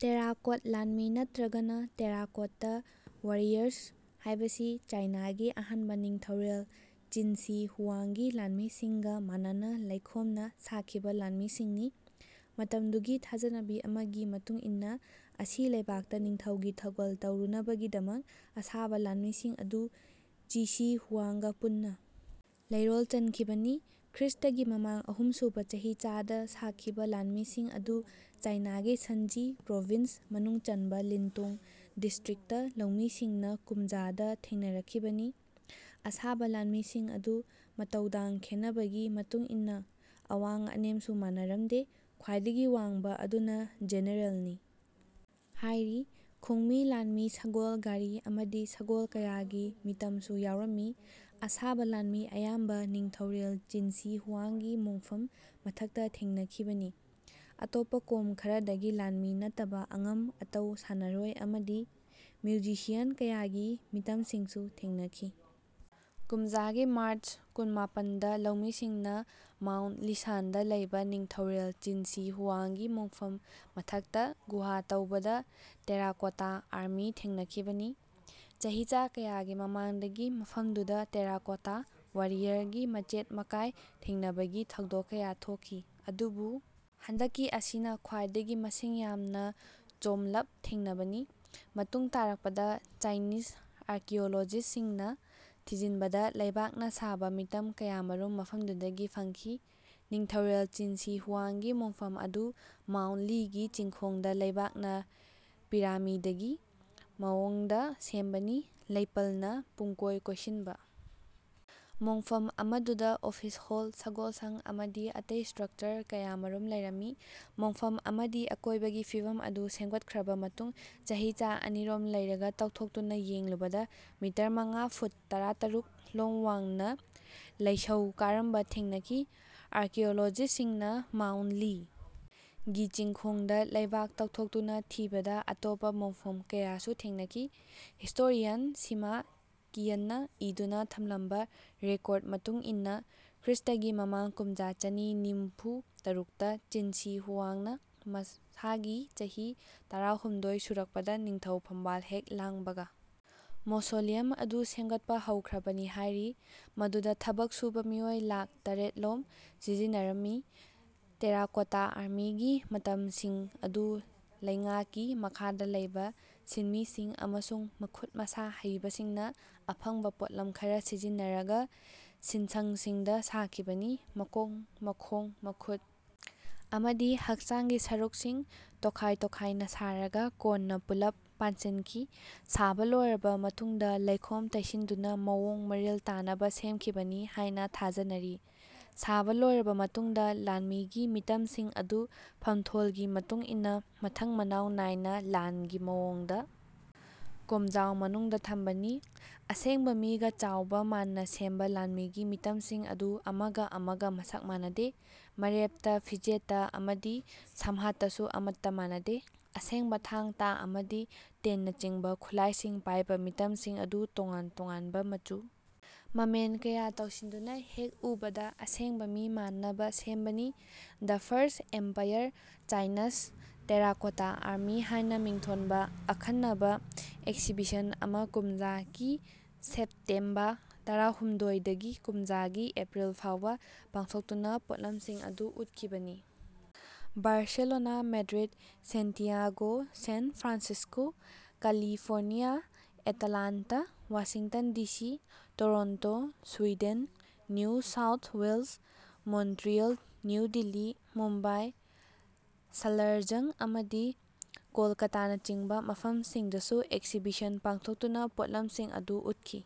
Terracotta ꯂꯥꯟꯃꯤ ꯅꯠꯇ꯭ꯔꯒꯅ ꯇꯦꯔꯥꯀꯣꯠꯇ ꯋꯥꯔꯤꯌꯔꯁ ꯍꯥꯏꯕꯁꯤ ꯆꯥꯏꯅꯥꯒꯤ ꯑꯍꯥꯟꯕ ꯅꯤꯡꯊꯧꯔꯦꯜ ꯆꯤꯟ ꯁꯤ ꯍꯨꯋꯥꯡꯒꯤ ꯂꯥꯟꯃꯤꯁꯤꯡꯒ ꯃꯥꯟꯅꯅ ꯂꯩꯈꯣꯝꯅ ꯁꯥꯈꯤꯕ ꯂꯥꯟꯃꯤꯁꯤꯡꯅꯤ꯫ ꯃꯇꯝꯗꯨꯒꯤ ꯊꯥꯖꯅꯕꯤ ꯑꯃꯒꯤ ꯃꯇꯨꯡꯏꯟꯅ ꯑꯁꯤ ꯂꯩꯕꯥꯛꯇ ꯅꯤꯡꯊꯧꯒꯤ ꯊꯧꯒꯜ ꯇꯧꯔꯨꯅꯕꯒꯤꯗꯃꯛ ꯑꯁꯥꯕ ꯂꯥꯟꯃꯤꯁꯤꯡ ꯑꯗꯨ ꯆꯤ ꯁꯤ ꯍꯨꯋꯥꯡꯒ ꯄꯨꯟꯅ ꯂꯩꯔꯣꯜ ꯆꯟꯈꯤꯕꯅꯤ꯫ ꯈ꯭ꯔꯤꯁꯇꯒꯤ ꯃꯃꯥꯡ ꯑꯍꯨꯝꯁꯨꯕ ꯆꯍꯤꯆꯥꯗ ꯁꯥꯈꯤꯕ ꯂꯥꯟꯃꯤꯁꯤꯡ ꯑꯗꯨ ꯆꯥꯏꯅꯥꯒꯤ ꯁꯟꯖꯤ ꯄ꯭ꯔꯣꯚꯤꯟꯁ ꯃꯅꯨꯡ ꯆꯟꯕ ꯂꯤꯟꯇꯣꯡ ꯗꯤꯁꯇ꯭ꯔꯤꯛꯇ ꯂꯧꯃꯤꯁꯤꯡꯅ ꯀꯨꯝꯖꯥ ꯗ ꯊꯦꯡꯅꯔꯛꯈꯤꯕꯅꯤ꯫ ꯑꯁꯥꯕ ꯂꯥꯟꯃꯤꯁꯤꯡ ꯑꯗꯨ ꯃꯇꯧꯗꯥꯡ ꯈꯦꯟꯅꯕꯒꯤ ꯃꯇꯨꯡꯏꯟꯅ ꯑꯋꯥꯡ ꯑꯅꯦꯝꯁꯨ ꯃꯥꯟꯅꯔꯝꯗꯦ꯫ ꯈ꯭ꯋꯥꯏꯗꯒꯤ ꯋꯥꯡꯕ ꯑꯗꯨꯅ ꯖꯦꯅꯔꯦꯜꯅꯤ ꯍꯥꯏꯔꯤ꯫ ꯈꯣꯡꯃꯤ ꯂꯥꯟꯃꯤ ꯁꯒꯣꯜ ꯒꯥꯔꯤ ꯑꯃꯗꯤ ꯁꯒꯣꯜ ꯀꯌꯥꯒꯤ ꯃꯤꯇꯝꯁꯨ ꯌꯥꯎꯔꯝꯃꯤ꯫ ꯑꯁꯥꯕ ꯂꯥꯟꯃꯤ ꯑꯌꯥꯝꯕ ꯅꯤꯡꯊꯧꯔꯦꯜ ꯆꯤꯟ ꯁꯤ ꯍꯨꯋꯥꯡꯒꯤ ꯃꯣꯡꯐꯝ ꯃꯊꯛꯇ ꯊꯦꯡꯅꯈꯤꯕꯅꯤ꯫ ꯑꯇꯣꯞꯄ ꯀꯣꯝ ꯈꯔꯗꯒꯤ ꯂꯥꯟꯃꯤ ꯅꯠꯇꯕ ꯑꯉꯝ ꯑꯇꯧ ꯁꯥꯟꯅꯔꯣꯏ ꯑꯃꯗꯤ ꯃ꯭ꯌꯨꯖꯤꯁꯤꯌꯥꯟ ꯀꯌꯥꯒꯤ ꯃꯤꯇꯝꯁꯤꯡꯁꯨ ꯊꯦꯡꯅꯈꯤ꯫ ꯀꯨꯝꯖꯥ ꯒꯤ ꯃꯥꯔꯆ ꯀꯨꯟꯃꯥꯄꯟ ꯗ ꯂꯧꯃꯤꯁꯤꯡꯅ ꯃꯥꯎꯟꯠ ꯂꯤꯁꯥꯟꯗ ꯂꯩꯕ ꯅꯤꯡꯊꯧꯔꯦꯜ ꯆꯤꯟ ꯁꯤ ꯍꯨꯋꯥꯡꯒꯤ ꯃꯣꯡꯐꯝ ꯃꯊꯛꯇ ꯒꯨꯍꯥ ꯇꯧꯕꯗ ꯇꯦꯔꯥꯀꯣꯇꯥ ꯑꯥꯔꯃꯤ ꯊꯦꯡꯅꯈꯤꯕꯅꯤ꯫ ꯆꯍꯤꯆꯥ ꯀꯌꯥꯒꯤ ꯃꯃꯥꯡꯗꯒꯤ ꯃꯐꯝꯗꯨꯗ ꯇꯦꯔꯥꯀꯣꯇꯥ ꯋꯥꯔꯤꯌꯔꯒꯤ ꯃꯆꯦꯠ ꯃꯀꯥꯏ ꯊꯦꯡꯅꯕꯒꯤ ꯊꯧꯗꯣꯛ ꯀꯌꯥ ꯊꯣꯛꯈꯤ꯫ ꯑꯗꯨꯕꯨ ꯍꯟꯗꯛꯀꯤ ꯑꯁꯤꯅ ꯈ꯭ꯋꯥꯏꯗꯒꯤ ꯃꯁꯤꯡ ꯌꯥꯝꯅ ꯆꯣꯝꯂꯞ ꯊꯦꯡꯅꯕꯅꯤ꯫ ꯃꯇꯨꯡ ꯇꯥꯔꯛꯄꯗ ꯆꯥꯏꯅꯤꯖ ꯑꯥꯔꯀꯤꯑꯣꯂꯣꯖꯤꯁꯠꯁꯤꯡꯅ ꯊꯤꯖꯤꯟꯕꯗ ꯂꯩꯕꯥꯛꯅ ꯁꯥꯕ ꯃꯤꯇꯝ ꯀꯌꯥꯃꯔꯨꯝ ꯃꯐꯝꯗꯨꯗꯒꯤ ꯐꯪꯈꯤ꯫ ꯅꯤꯡꯊꯧꯔꯦꯜ ꯆꯤꯟ ꯁꯤ ꯍꯨꯋꯥꯡꯒꯤ ꯃꯣꯡꯐꯝ ꯑꯗꯨ ꯃꯥꯎꯟꯠ ꯂꯤꯒꯤ ꯆꯤꯡꯈꯣꯡꯗ ꯂꯩꯕꯥꯛꯅ ꯄꯤꯔꯥꯃꯤꯗꯀꯤ ꯃꯑꯣꯡꯗ ꯁꯦꯝꯕꯅꯤ꯫ꯂꯩꯄꯜꯅ ꯄꯨꯝꯀꯣꯏ ꯀꯣꯏꯁꯤꯟꯕ ꯃꯣꯡꯐꯝ ꯑꯃꯗꯨꯗ ꯑꯣꯐꯤꯁ ꯍꯣꯜ ꯁꯒꯣꯜꯁꯪ ꯑꯃꯗꯤ ꯑꯇꯩ ꯁ꯭ꯇ꯭ꯔꯛꯆꯔ ꯀꯌꯥꯃꯔꯨꯝ ꯂꯩꯔꯝꯃꯤ꯫ ꯃꯣꯡꯐꯝ ꯑꯃꯗꯤ ꯑꯀꯣꯏꯕꯒꯤ ꯐꯤꯚꯝ ꯑꯗꯨ ꯁꯦꯝꯒꯠꯈ꯭ꯔꯕ ꯃꯇꯨꯡ ꯆꯍꯤꯆꯥ ꯑꯅꯤꯔꯣꯝ ꯂꯩꯔꯒ ꯇꯧꯊꯣꯛꯇꯨꯅ ꯌꯦꯡꯂꯨꯕꯗ ꯃꯤꯇꯔ ꯃꯉꯥ ꯐꯨꯠ ꯇꯔꯥꯇꯔꯨꯛ ꯂꯣꯝ ꯋꯥꯡꯅ ꯂꯩꯁꯧ ꯀꯥꯔꯝꯕ ꯊꯦꯡꯅꯈꯤ꯫ꯑꯥꯔꯀꯤꯑꯣꯂꯣꯖꯤꯁꯠꯁꯤꯡꯅ ꯃꯥꯎꯟꯠ ꯂꯤ ꯒꯤ ꯆꯤꯡꯈꯣꯡꯗ ꯂꯩꯕꯥꯛ ꯇꯧꯊꯣꯛꯇꯨꯅ ꯊꯤꯕꯗ ꯑꯇꯣꯞꯄ ꯃꯣꯡꯐꯝ ꯀꯌꯥꯁꯨ ꯊꯦꯡꯅꯈꯤ꯫ ꯍꯤꯁꯇꯣꯔꯤꯌꯥꯟ ꯁꯤꯃꯥ ꯀꯤꯌꯟꯅ ꯏꯗꯨꯅ ꯊꯝꯂꯝꯕ ꯔꯦꯀꯣꯔꯗ ꯃꯇꯨꯡꯏꯟꯅ ꯈ꯭ꯔꯤꯁꯇꯒꯤ ꯃꯃꯥꯡ ꯀꯨꯝꯖꯥ ꯆꯅꯤ ꯅꯤꯝꯐꯨ ꯇꯔꯨꯛꯇ ꯆꯤꯟ ꯁꯤ ꯍꯨꯋꯥꯡꯅ ꯃꯁꯥꯒꯤ ꯆꯍꯤ ꯇꯔꯥꯍꯨꯝꯗꯣꯏ ꯁꯨꯔꯛꯄꯗ ꯅꯤꯡꯊꯧ ꯐꯝꯕꯥꯜ ꯍꯦꯛ ꯂꯥꯡꯕꯒ ꯃꯣꯁꯣꯂꯤꯌꯝ ꯑꯗꯨ ꯁꯦꯝꯒꯠꯄ ꯍꯧꯈ꯭ꯔꯕꯅꯤ ꯍꯥꯏꯔꯤ꯫ ꯃꯗꯨꯗ ꯊꯕꯛ ꯁꯨꯕ ꯃꯤꯑꯣꯏ ꯂꯥꯈ ꯇꯔꯦꯠꯂꯣꯝ ꯁꯤꯖꯤꯟꯅꯔꯝꯃꯤ꯫ ꯇꯦꯔꯥꯀꯣꯇꯥ ꯑꯥꯔꯃꯤꯒꯤ ꯃꯤꯇꯝꯁꯤꯡ ꯑꯗꯨ ꯂꯩꯉꯥꯀꯤ ꯃꯈꯥꯗ ꯂꯩꯕ ꯁꯤꯟꯃꯤꯁꯤꯡ ꯑꯃꯁꯨꯡ ꯃꯈꯨꯠ ꯃꯁꯥ ꯍꯩꯕꯁꯤꯡꯅ ꯑꯐꯪꯕ ꯄꯣꯠꯂꯝ ꯈꯔ ꯁꯤꯖꯤꯟꯅꯔꯒ ꯁꯤꯟꯁꯪꯁꯤꯡꯗ ꯁꯥꯈꯤꯕꯅꯤ꯫ ꯃꯀꯣꯛ ꯃꯈꯣꯡ ꯃꯈꯨꯠ ꯑꯃꯗꯤ ꯍꯛꯆꯥꯡꯒꯤ ꯁꯔꯨꯛꯁꯤꯡ ꯇꯣꯈꯥꯏ ꯇꯣꯈꯥꯏꯅ ꯁꯥꯔꯒ ꯀꯣꯟꯅ ꯄꯨꯜꯂꯞ ꯄꯥꯟꯁꯤꯟꯈꯤ꯫ ꯁꯥꯕ ꯂꯣꯏꯔꯕ ꯃꯇꯨꯡꯗ ꯂꯩꯈꯣꯝ ꯇꯩꯁꯤꯟꯗꯨꯅ ꯃꯑꯣꯡ ꯃꯔꯤꯜ ꯇꯥꯅꯕ ꯁꯦꯝꯈꯤꯕꯅꯤ ꯍꯥꯏꯅ ꯊꯥꯖꯅꯔꯤ꯫ ꯁꯥꯕ ꯂꯣꯏꯔꯕ ꯃꯇꯨꯡꯗ ꯂꯥꯟꯃꯤꯒꯤ ꯃꯤꯇꯝꯁꯤꯡ ꯑꯗꯨ ꯐꯝꯊꯣꯜꯒꯤ ꯃꯇꯨꯡꯏꯟꯅ ꯃꯊꯪ ꯃꯅꯥꯎ ꯅꯥꯏꯅ ꯂꯥꯟꯒꯤ ꯃꯑꯣꯡꯗ ꯀꯣꯝꯖꯥꯎ ꯃꯅꯨꯡꯗ ꯊꯝꯕꯅꯤ꯫ ꯑꯁꯦꯡꯕ ꯃꯤꯒ ꯆꯥꯎꯕ ꯃꯥꯟꯅ ꯁꯦꯝꯕ ꯂꯟꯃꯤꯒꯤ ꯃꯤꯇꯝꯁꯤꯡ ꯑꯗꯨ ꯑꯃꯒ ꯑꯃꯒ ꯃꯁꯛ ꯃꯥꯟꯅꯗꯦ꯫ ꯃꯔꯦꯞꯇ ꯐꯤꯖꯦꯠꯇ ꯑꯃꯗꯤ ꯁꯝꯍꯥꯠꯇꯁꯨ ꯑꯃꯠꯇ ꯃꯥꯟꯅꯗꯦ꯫ ꯑꯁꯦꯡꯕ ꯊꯥꯡ ꯇꯥ ꯑꯃꯗꯤ ꯇꯦꯟꯅꯆꯤꯡꯕ ꯈꯨꯠꯂꯥꯏꯁꯤꯡ ꯄꯥꯏꯕ ꯃꯤꯇꯝꯁꯤꯡ ꯑꯗꯨ ꯇꯣꯉꯥꯟ ꯇꯣꯉꯥꯟꯕ ꯃꯆꯨ ꯃꯃꯦꯟ ꯀꯌꯥ ꯇꯩꯁꯤꯟꯗꯨꯅ ꯍꯦꯛ ꯎꯕꯗ ꯑꯁꯦꯡꯕ ꯃꯤ ꯃꯥꯟꯅꯕ ꯁꯦꯝꯕꯅꯤ꯫ The first emperor Chinese terracotta army ꯍꯥꯏꯅ ꯃꯤꯡꯊꯣꯟꯕ ꯑꯈꯟꯅꯕ ꯑꯦꯛꯁꯤꯕꯤꯁꯟ ꯑꯃ ꯀꯨꯝꯖꯥ ꯀꯤ ꯁꯦꯞꯇꯦꯝꯕ ꯇꯔꯥꯍꯨꯝꯗꯣꯏ ꯗꯒꯤ ꯀꯨꯝꯖꯥ ꯒꯤ ꯑꯦꯄ꯭ꯔꯤꯜ ꯐꯥꯎꯕ ꯄꯥꯡꯊꯣꯛꯇꯨꯅ ꯄꯣꯠꯂꯝꯁꯤꯡ ꯑꯗꯨ ꯎꯠꯈꯤꯕꯅꯤ꯫ Barcelona Madrid Santiago San Francisco California Atlanta Washington D C Toronto Sweden New South Wales Montreal New Delhi Mumbai Salar Jung ꯑꯃꯗꯤ ꯀꯣꯜꯀꯇꯥꯅꯆꯤꯡꯕ ꯃꯐꯝꯁꯤꯡꯗꯁꯨ ꯑꯦꯛꯁꯤꯕꯤꯁꯟ ꯄꯥꯡꯊꯣꯛꯇꯨꯅ ꯄꯣꯠꯂꯝꯁꯤꯡ ꯑꯗꯨ ꯎꯠꯈꯤ꯫